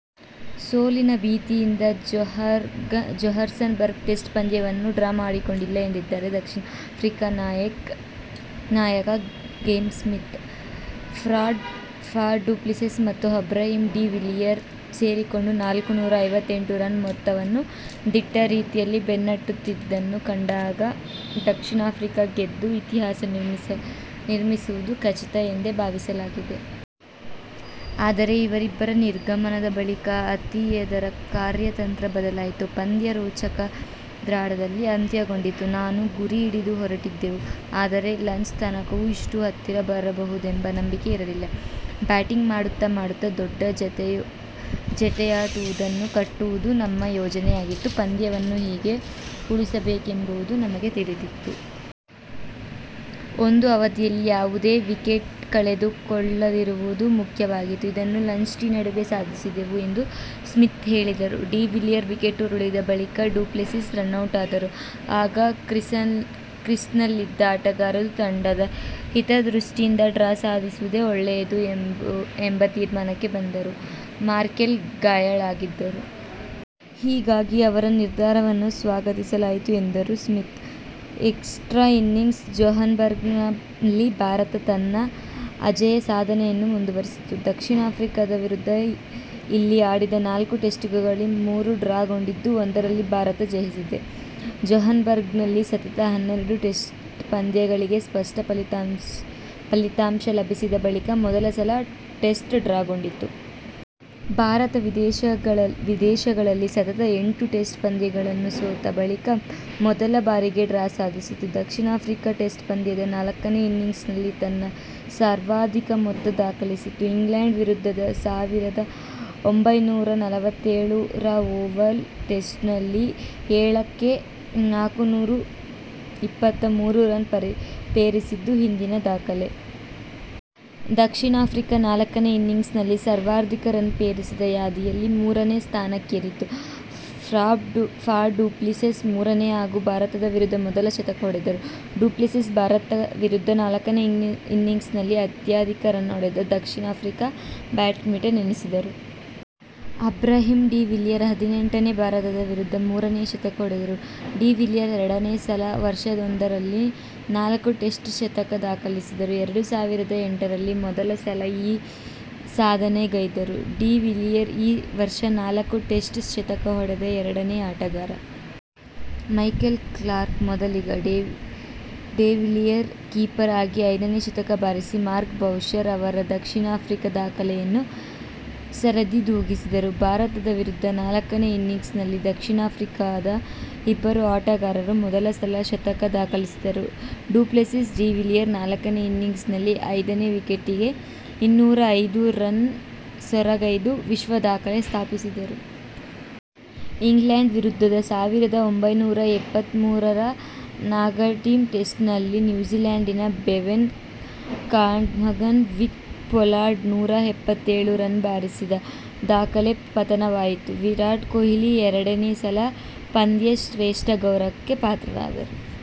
ಸೋಲಿನ ಭೀತಿಯಿಂದ Johannesburg test ಪಂದ್ಯವನ್ನು ಡ್ರಾ ಮಾಡಿಕೊಂಡಿಲ್ಲ ಎಂದಿದ್ದಾರೆ ದಕ್ಷಿಣ ಆಫ್ರಿಕಾ ನಾಯಕ ಗ್ರೇಮ್ ಸ್ಮಿತ್. ಫಾಡು ಪ್ಲೆಸಿಸ್ ಮತ್ತು ಅಬ್ರಹಾಂ ಡಿ ವಿಲಿಯರ್ ಸೇರಿಕೊಂಡು ನಾಲ್ಕು ನೂರಾ ಐವತ್ತಎಂಟು ರನ್ ಮೊತ್ತವನ್ನು ದಿಟ್ಟ ರೀತಿಯಲ್ಲಿ ಬೆನ್ನಟ್ಟುತ್ತಿದ್ದುದನ್ನು ಕಂಡಾಗ ದಕ್ಷಿಣ ಆಫ್ರಿಕಾ ಗೆದ್ದು ಇತಿಹಾಸ ನಿರ್ಮಿಸುವುದು ಖಚಿತ ಎಂದೇ ಭಾವಿಸಲಾಗಿತ್ತು. ಆದರೆ ಇವರಿಬ್ಬರ ನಿರ್ಗಮನದ ಬಳಿಕ ಆತಿಥೇಯರ ಕಾರ್ಯತಂತ್ರ ಬದಲಾಯಿತು. ಪಂದ್ಯ ರೋಚಕ ಡ್ರಾದಲ್ಲಿ ಅಂತ್ಯಗೊಂಡಿತು. ನಾನು ಗುರಿ ಹಿಡಿದು ಹೊರಟಿದ್ದೆವು. ಆದರೆ ಲಂಚ್ ತನಕವೂ ಇಷ್ಟು ಹತ್ತಿರ ಬರಬಹುದೆಂಬ ನಂಬಿಕೆ ಇರಲಿಲ್ಲ. ಬ್ಯಾಟಿಂಗ್ ಮಾಡುತ್ತ ಮಾಡುತ್ತ ದೊಡ್ಡ ಜತೆಯಾಟವೊಂದನ್ನು ಕಟ್ಟುವುದು ನಮ್ಮ ಯೋಜನೆಯಾಗಿತ್ತು. ಪಂದ್ಯವನ್ನು ಹೇಗೆ ಉಳಿಸಿಕೊಳ್ಳಬೇಕೆಂಬುದು ನಮಗೆ ತಿಳಿದಿತ್ತು. ಒಂದು ಅವಧಿಯಲ್ಲಿ ಯಾವುದೇ ವಿಕೆಟ್ ಕಳೆದುಕೊಳ್ಳದಿರುವುದು ಮುಖ್ಯವಾಗಿತ್ತು. ಇದನ್ನು ಲಂಚ್-ಟೀ ನಡುವೆ ಸಾಧಿಸಿದೆವು ಎಂದು ಸ್ಮಿತ್ ಹೇಳಿದರು. ಡಿ ವಿಲಿಯರ್ ವಿಕೆಟ್ ಉರುಳಿದ ಬಳಿಕ ಡು ಪ್ಲೆಸಿಸ್ ರನೌಟಾದರು. ಆಗ ಕ್ರೀಸ್ನಲ್ಲಿದ್ದ ಆಟಗಾರರು ತಂಡದ ಹಿತದೃಷ್ಟಿಯಿಂದ ಡ್ರಾ ಸಾಧಿಸುವುದೇ ಒಳ್ಳೆಯದು ಎಂಬ ತೀರ್ಮಾನಕ್ಕೆ ಬಂದರು. ಮಾರ್ಕೆಲ್ ಗಾಯಾಳಾಗಿದ್ದರು. ಹೀಗಾಗಿ ಅವರ ನಿರ್ಧಾರವನ್ನು ಸ್ವಾಗತಿಸಲಾಯಿತು ಎಂದರು ಸ್ಮಿತ್. ಎಕ್ಸ್ಟ್ರಾ ಇನ್ನಿಂಗ್ಸ್ ಜೊಹಾನ್ಸ್ಬರ್ಗ್ನಲ್ಲಿ ಭಾರತ ತನ್ನ ಅಜೇಯ ಸಾಧನೆಯನ್ನು ಮುಂದುವರಿಸಿತು. ದಕ್ಷಿಣ ಆಫ್ರಿಕಾ ವಿರುದ್ಧ ಇಲ್ಲಿ ಆಡಿದ ನಾಲ್ಕು ಟೆಸ್ಟ್ಗಳಲ್ಲಿ ಮೂರು ಡ್ರಾಗೊಂಡಿದ್ದು, ಒಂದರಲ್ಲಿ ಭಾರತ ಜಯಿಸಿದೆ. ಜೊಹಾನ್ಸ್ಬರ್ಗ್ನಲ್ಲಿ ಸತತ ಹನ್ನೆರಡು ಟೆಸ್ಟ್ ಪಂದ್ಯಗಳಿಗೆ ಸ್ಪಷ್ಟ ಫಲಿತಾಂಶ ಲಭಿಸಿದ ಬಳಿಕ ಮೊದಲ ಸಲ ಟೆಸ್ಟ್ ಡ್ರಾಗೊಂಡಿತು. ಭಾರತ ವಿದೇಶಗಳಲ್ಲಿ ಸತತ ಎಂಟು ಟೆಸ್ಟ್ ಪಂದ್ಯಗಳನ್ನು ಸೋತ ಬಳಿಕ ಮೊದಲ ಬಾರಿಗೆ ಡ್ರಾ ಸಾಧಿಸಿತು. ದಕ್ಷಿಣ ಆಫ್ರಿಕಾ ಟೆಸ್ಟ್ ಪಂದ್ಯದ ನಾಲ್ಕನೇ ಇನ್ನಿಂಗ್ಸ್ನಲ್ಲಿ ತನ್ನ ಸರ್ವಾಧಿಕ ಮೊತ್ತ ದಾಖಲಿಸಿತು. ಇಂಗ್ಲಂಡ್ ವಿರುದ್ಧದ ಸಾವಿರದ ಒಂಬೈನೂರ ನಲವತ್ತೇಳು ರ ಓವಲ್ ಟೆಸ್ಟ್ನಲ್ಲಿ ಏಳಕ್ಕೆ ನಾಲ್ಕುನೂರ ಇಪ್ಪತ್ತಮೂರು ರನ್ ಪೇರಿಸಿದ್ದು ಹಿಂದಿನ ದಾಖಲೆ. ದಕ್ಷಿಣ ಆಫ್ರಿಕಾ ನಾಲ್ಕನೇ ಇನ್ನಿಂಗ್ಸ್ನಲ್ಲಿ ಸರ್ವಾಧಿಕ ರನ್ ಪೇರಿಸಿದ ಯಾದಿಯಲ್ಲಿ ಮುರನೇ ಸ್ಥಾನಕ್ಕೇರಿತು. ಫಾ ಡು ಪ್ಲೆಸಿಸ್ ಮೂರುನೇ ಹಾಗೂ ಭಾರತದ ವಿರುದ್ಧ ಮೊದಲ ಶತಕ ಹೊಡೆದರು. ಡು ಪ್ಲೆಸಿಸ್ ಭಾರತ ವಿರುದ್ಧ ನಾಲ್ಕನೇ ಇನ್ನಿಂಗ್ಸ್ನಲ್ಲಿ ಅತ್ಯಧಿಕ ರನ್ ಹೊಡೆದ ದಕ್ಷಿಣ ಆಫ್ರಿಕಾ ಬ್ಯಾಟ್ಸ್ಮನ್ ಎನಿಸಿದರು. ಅಬ್ರಹಾಂ ಡಿ''ವಿಲಿಯರ್ ಹದಿನೆಂಟನೇ, ಭಾರತದ ವಿರುದ್ಧ ಮೂರನೇ ಶತಕ ಹೊಡೆದರು. ಡಿ''ವಿಲಿಯರ್ ಎರಡನೇ ಸಲ ವರ್ಷವೊಂದರಲ್ಲಿ ನಾಲ್ಕು ಟೆಸ್ಟ್ ಶತಕ ದಾಖಲಿಸಿದರು. ಎರಡು ಸಾವಿರದ ಎಂಟರಲ್ಲಿ ಮೊದಲ ಸಲ ಈ ಸಾಧನೆಗೈದಿದ್ದರು. ಡಿ ವಿಲಿಯರ್ ಈ ವರ್ಷ ನಾಲ್ಕು ಟೆಸ್ಟ್ ಶತಕ ಹೊಡೆದ ಎರಡನೇ ಆಟಗಾರ. ಮೈಕಲ್ ಕ್ಲಾರ್ಕ್ ಮೊದಲಿಗ. ಡಿವಿಲಿಯರ್ ಕೀಪರ್ ಆಗಿ ಐದನೇ ಶತಕ ಬಾರಿಸಿ ಮಾರ್ಕ್ ಬೌಷರ್ ಅವರ ದಕ್ಷಿಣ ಆಫ್ರಿಕಾ ದಾಖಲೆಯನ್ನು ಸರಿದೂಗಿಸಿದರು. ಭಾರತದ ವಿರುದ್ಧ ನಾಲ್ಕನೇ ಇನ್ನಿಂಗ್ಸ್ನಲ್ಲಿ ದಕ್ಷಿಣ ಆಫ್ರಿಕಾದ ಇಬ್ಬರು ಆಟಗಾರರು ಮೊದಲ ಸಲ ಶತಕ ದಾಖಲಿಸಿದರು. ಡು ಪ್ಲೆಸಿಸ್-ಡಿ ವಿಲಿಯರ್ ನಾಲ್ಕನೇ ಇನ್ನಿಂಗ್ಸ್ನಲ್ಲಿ ಐದನೇ ವಿಕೆಟಿಗೆ ಇನ್ನೂರ ಐದು ರನ್ ಸೂರೆಗೈದು ವಿಶ್ವದಾಖಲೆ ಸ್ಥಾಪಿಸಿದರು. ಇಂಗ್ಲಂಡ್ ವಿರುದ್ಧದ ಸಾವಿರದ ಒಂಬೈನೂರ ಎಪ್ಪತ್ಮೂರು ರ ನಾಟಿಂಗಂ ಟೆಸ್ಟ್ನಲ್ಲಿ ನ್ಯೂಜೀಲ್ಯಾಂಡಿನ ಬೆವನ್ ಕಾಂಗ್ಡನ್-ವಿಕ್ ಪೊಲಾರ್ಡ್ ನೊರಾ ಎಪ್ಪತ್ತೇಳು ರನ್ ಬಾರಿಸಿದ ದಾಖಲೆ ಪತನವಾಯಿತು. ವಿರಾಟ್ ಕೊಹ್ಲಿ ಎರಡನೇ ಸಲ ಪಂದ್ಯಶ್ರೇಷ್ಠ ಗೌರವಕ್ಕೆ ಪಾತ್ರರಾದರು.